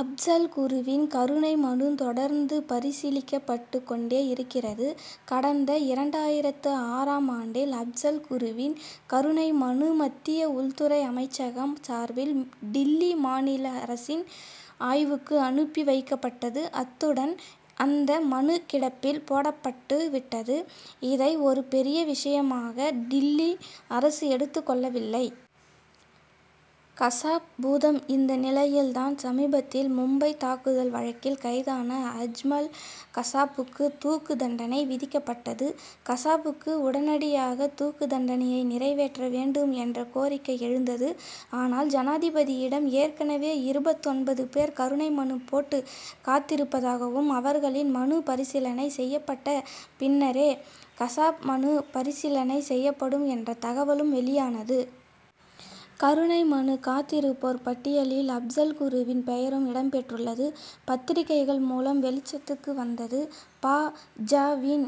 அப்சல் குருவின் கருணை மனு தொடர்ந்து பரிசீலிக்கப்பட்டுக் கொண்டே இருக்கிறது. கடந்த இரண்டாயிரத்து ஆறாம் ஆண்டில் அப்சல் குருவின் கருணை மனு மத்திய உள்துறை அமைச்சகம் சார்பில் டில்லி மாநில அரசின் ஆய்வுக்கு அனுப்பி வைக்கப்பட்டது. அத்துடன் அந்த மனு கிடப்பில் போடப்பட்டு விட்டது. இதை ஒரு பெரிய விஷயமாக டில்லி அரசு எடுத்துக் கொள்ளவில்லை. கசாப் பூதம் இந்த நிலையில் தான் சமீபத்தில் மும்பை தாக்குதல் வழக்கில் கைதான அஜ்மல் கசாப்புக்கு தூக்கு தண்டனை விதிக்கப்பட்டது. கசாபுக்கு உடனடியாக தூக்கு தண்டனையை நிறைவேற்ற வேண்டும் என்ற கோரிக்கை எழுந்தது. ஆனால் ஜனாதிபதியிடம் ஏற்கனவே இருபத்தொன்பது பேர் கருணை மனு போட்டு காத்திருப்பதாகவும் அவர்களின் மனு பரிசீலனை செய்யப்பட்ட பின்னரே கசாப் மனு பரிசீலனை செய்யப்படும் என்ற தகவலும் வெளியானது. கருணை மனு காத்திருப்போர் பட்டியலில் அப்சல் குருவின் பெயரும் இடம் பெற்றுள்ளது பத்திரிகைகள் மூலம் வெளிச்சத்துக்கு வந்தது. பா. ஜ.வின்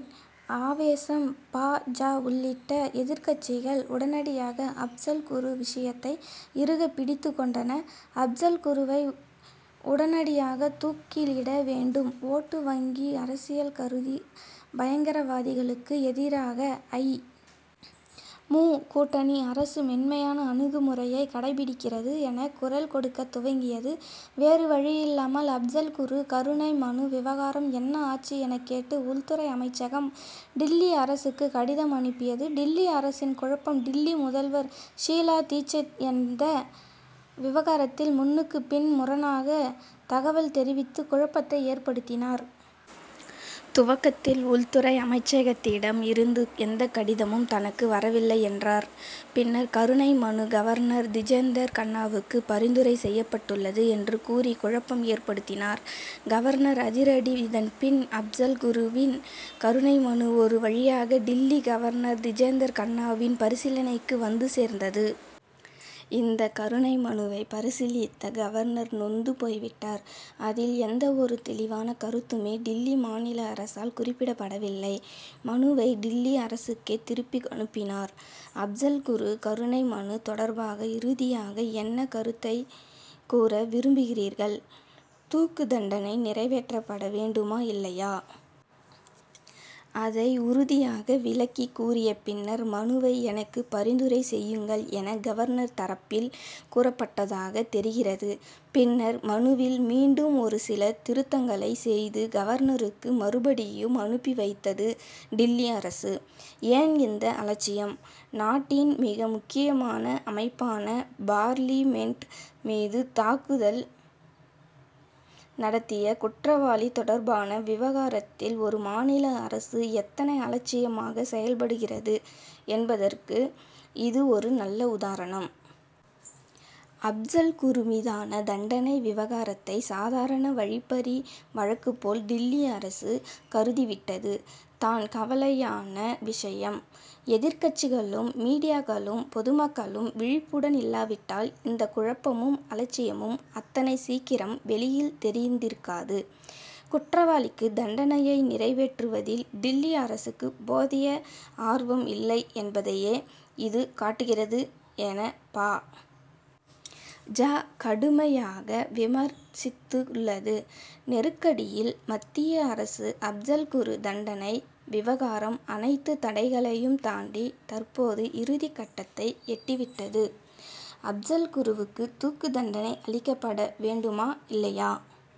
ஆவேசம் பா. ஜ. உள்ளிட்ட எதிர்க்கட்சிகள் உடனடியாக அப்சல் குரு விஷயத்தை இறுக பிடித்துக் கொண்டன. அப்சல் குருவை உடனடியாக தூக்கிலிட வேண்டும். ஓட்டு வங்கி அரசியல் கருதி பயங்கரவாதிகளுக்கு எதிராக ஐ. மு. கூட்டணி அரசு மென்மையான அணுகுமுறையை கடைப்பிடிக்கிறது என குரல் கொடுக்கத் துவங்கியது. வேறு வழியில்லாமல் அப்சல் குரு கருணை மனு விவகாரம் என்ன ஆச்சு என கேட்டு உள்துறை அமைச்சகம் டில்லி அரசுக்கு கடிதம் அனுப்பியது. டில்லி அரசின் குழப்பம் டில்லி முதல்வர் ஷீலா தீட்சித் இந்த விவகாரத்தில் முன்னுக்கு பின் முரணாக தகவல் தெரிவித்து குழப்பத்தை ஏற்படுத்தினார். துவக்கத்தில் உள்துறை அமைச்சகத்திடம் இருந்து எந்த கடிதமும் தனக்கு வரவில்லை என்றார். பின்னர் கருணை மனு கவர்னர் திஜேந்தர் கண்ணாவுக்கு பரிந்துரை செய்யப்பட்டுள்ளது என்று கூறி குழப்பம் ஏற்படுத்தினார். கவர்னர் அதிரடி இதன்பின் அப்சல் குருவின் கருணை மனு ஒரு வழியாக டில்லி கவர்னர் திஜேந்தர் கண்ணாவின் பரிசீலனைக்கு வந்து சேர்ந்தது. இந்த கருணை மனுவை பரிசீலித்த கவர்னர் நொந்து போய்விட்டார். அதில் எந்த ஒரு தெளிவான கருத்துமே டில்லி மாநில அரசால் குறிப்பிடப்படவில்லை. மனுவை டில்லி அரசுக்கே திருப்பி அனுப்பினார். அப்சல் குரு கருணை மனு தொடர்பாக இறுதியாக என்ன கருத்தை கூற விரும்புகிறீர்கள். தூக்கு தண்டனை நிறைவேற்றப்பட வேண்டுமா இல்லையா? அதை உறுதியாக விளக்கி கூறிய பின்னர் மனுவை எனக்கு பரிந்துரை செய்யுங்கள் என கவர்னர் தரப்பில் கூறப்பட்டதாக தெரிகிறது. பின்னர் மனுவில் மீண்டும் ஒரு சில திருத்தங்களை செய்து கவர்னருக்கு மறுபடியும் அனுப்பி வைத்தது டில்லி அரசு. ஏன் இந்த அலட்சியம்? நாட்டின் மிக முக்கியமான அமைப்பான பார்லிமென்ட் மீது தாக்குதல் நடத்திய குற்றவாளி தொடர்பான விவகாரத்தில் ஒரு மாநில அரசு எத்தனை அலட்சியமாக செயல்படுகிறது என்பதற்கு இது ஒரு நல்ல உதாரணம். அப்சல் குரு மீதான தண்டனை விவகாரத்தை சாதாரண வழிப்பறி வழக்கு போல் டில்லி அரசு கருதி விட்டது தான் கவலையான விஷயம். எதிர்க்கட்சிகளும் மீடியாக்களும் பொதுமக்களும் விழிப்புடன் இல்லாவிட்டால் இந்த குழப்பமும் அலட்சியமும் அத்தனை சீக்கிரம் வெளியில் தெரிந்திருக்காது. குற்றவாளிக்கு தண்டனையை நிறைவேற்றுவதில் டில்லி அரசுக்கு போதிய ஆர்வம் இல்லை என்பதையே இது காட்டுகிறது என பா. ஜ. கடுமையாக விமர்சித்துள்ளது. நெருக்கடியில் மத்திய அரசு அப்சல் குரு தண்டனை விவகாரம் அனைத்து தடைகளையும் தாண்டி தற்போது இறுதிக் கட்டத்தை எட்டி விட்டது. அப்சல் குருவுக்கு தூக்கு தண்டனை அளிக்கப்பட வேண்டுமா இல்லையா